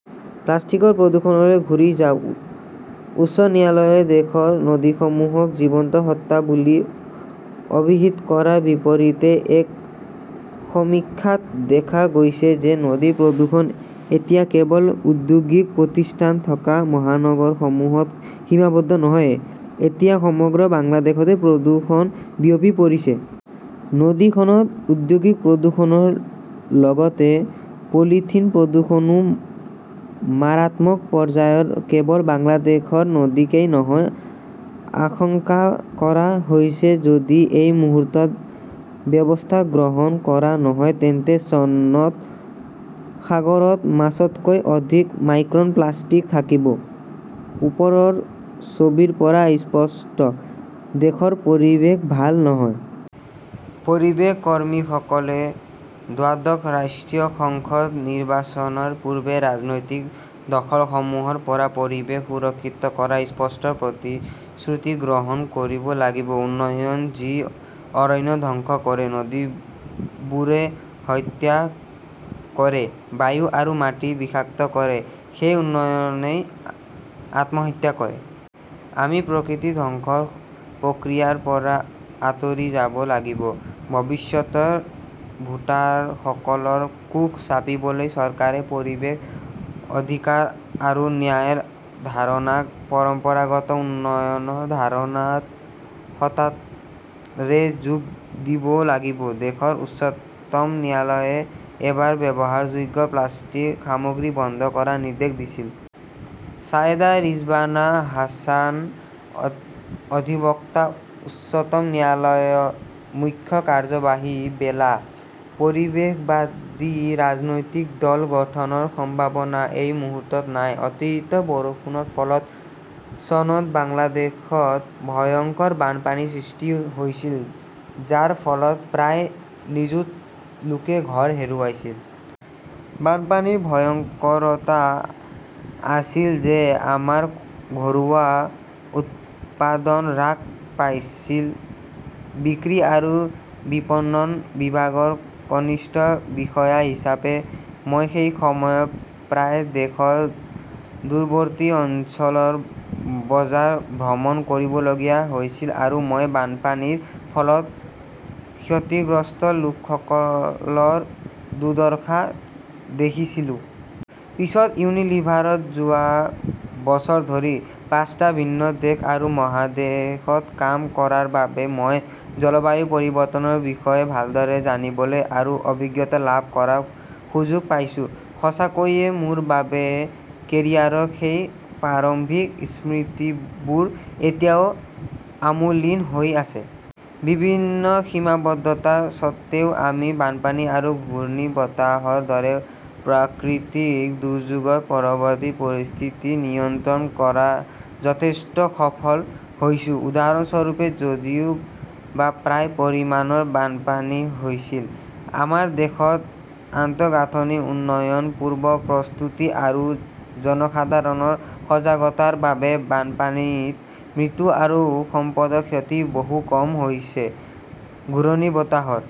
প্লাষ্টিকৰ প্ৰদূষণলৈ ঘূৰি যাওক। উচ্চ ন্যায়ালয়ে দেশৰ নদীসমূহক জীৱন্ত সত্তা বুলি অভিহিত কৰাৰ বিপৰীতে এক সমীক্ষাত দেখা গৈছে যে নদী প্ৰদূষণ এতিয়া কেৱল ঔদ্যোগিক প্ৰতিষ্ঠান থকা মহানগৰসমূহত সীমাবদ্ধ নহয়। এতিয়া সমগ্ৰ বাংলাদেশতে প্ৰদূষণ বিয়পি পৰিছে। নদীখনত ঔদ্যোগিক প্ৰদূষণৰ লগতে পলিথিন প্ৰদূষণও মাৰাত্মক পৰ্যায়ৰ। কেৱল বাংলাদেশৰ নদীকেই নহয়, আশংকা কৰা হৈছে-যদি এই মুহূৰ্তত ব্যৱস্থা গ্ৰহণ কৰা নহয় তেন্তে চনত সাগৰত মাছতকৈ অধিক মাইক্ৰ প্লাষ্টিক থাকিব। ওপৰৰ ছবিৰ পৰা স্পষ্ট, দেশৰ পৰিৱেশ ভাল নহয়। পৰিৱেশ কৰ্মীসকলে দ্বাদশ ৰাষ্ট্ৰীয় সংসদ নিৰ্বাচনৰ পূৰ্বে ৰাজনৈতিক দলসমূহৰ পৰা পৰিৱেশ সুৰক্ষিত কৰাৰ স্পষ্ট প্ৰতিশ্ৰুতি গ্ৰহণ কৰিব লাগিব। উন্নয়ন যি অৰণ্য ধ্বংস কৰে; নদীবোৰে হত্যা কৰে; বায়ু আৰু মাটি বিষাক্ত কৰে, সেই উন্নয়নেই আ আত্মহত্যা কৰে। আমি প্ৰকৃতি ধ্বংসৰ প্ৰক্ৰিয়াৰ পৰা আঁতৰি যাব লাগিব। ভৱিষ্যতৰ ভোটাৰসকলৰ কাষ চাপিবলৈ চৰকাৰে পৰিৱেশৰ অধিকাৰ আৰু ন্যায়ৰ ধাৰণাক পৰম্পৰাগত উন্নয়নৰ ধাৰণাত সততাৰে যোগ দিব লাগিব। দেশৰ উচ্চতম ন্যায়ালয়ে এবাৰ ব্যৱহাৰযোগ্য প্লাষ্টিক সামগ্ৰী বন্ধ কৰাৰ নিৰ্দেশ দিছিল। ছায়েদা ৰিজৱানা হাছানঃ অধিবক্তা, উচ্চতম ন্যায়ালয়; মুখ্য কাৰ্যবাহী, বেলা। পৰিৱেশবাদী ৰাজনৈতিক দল গঠনৰ সম্ভাৱনা এই মুহূৰ্তত নাই অতিৰিক্ত বৰষুণৰ ফলত চনত বাংলাদেশত ভয়ংকৰ বানপানীৰ সৃষ্টি হৈছিল, যাৰ ফলত প্ৰায় নিযুত লোকে ঘৰ হেৰুৱাইছিল। বানপানীৰ ভয়ংকৰতা আছিল যে আমাৰ ঘৰুৱা উৎপাদন হ্ৰাস পাইছিল। বিক্ৰী আৰু বিপণন বিভাগৰ কনিষ্ঠ বিষয়া হিচাপে মই সেই সময়ত প্ৰায়ে দেশৰ দূৰৱৰ্তী অঞ্চলৰ বজাৰ ভ্ৰমণ কৰিবলগীয়া হৈছিল আৰু মই বানপানীৰ ফলত ক্ষতিগ্ৰস্ত লোকসকলৰ দুৰ্দশা দেখিছিলোঁ। পিছত ইউনিলিভাৰত যোৱা বছৰ ধৰি পাঁচটা ভিন্ন দেশ আৰু মহাদেশত কাম কৰাৰ বাবে মই জলবায়ু পৰিৱৰ্তনৰ বিষয়ে ভালদৰে জানিবলৈ আৰু অভিজ্ঞতা লাভ কৰাৰ সুযোগ পাইছো। সঁচাকৈয়ে মোৰ বাবে কেৰিয়াৰত সেই প্ৰাৰম্ভিক স্মৃতিবোৰ এতিয়াও অমোলিন হৈ আছে। বিভিন্ন সীমাবদ্ধতাৰ স্বত্বেও আমি বানপানী বা ঘূৰ্ণীবতাহৰ দৰে প্ৰাকৃতিক দুৰ্যোগৰ পৰৱৰ্তী পৰিস্থিতি নিয়ন্ত্ৰণ কৰাত যথেষ্ট সফল হৈছো। উদাহৰণস্বৰূপে, যদিও বা প্ৰায় পৰিমাণৰ বানপানী হৈছিল, আমাৰ দেশত আন্তঃগাঁথনি উন্নয়ন, পূৰ্ব প্ৰস্তুতি আৰু জনসাধাৰণৰ সজাগতাৰ বাবে বানপানীত মৃত্যু আৰু সম্পদৰ ক্ষতি বহু কম হৈছে। ঘূৰ্ণীবতাহৰ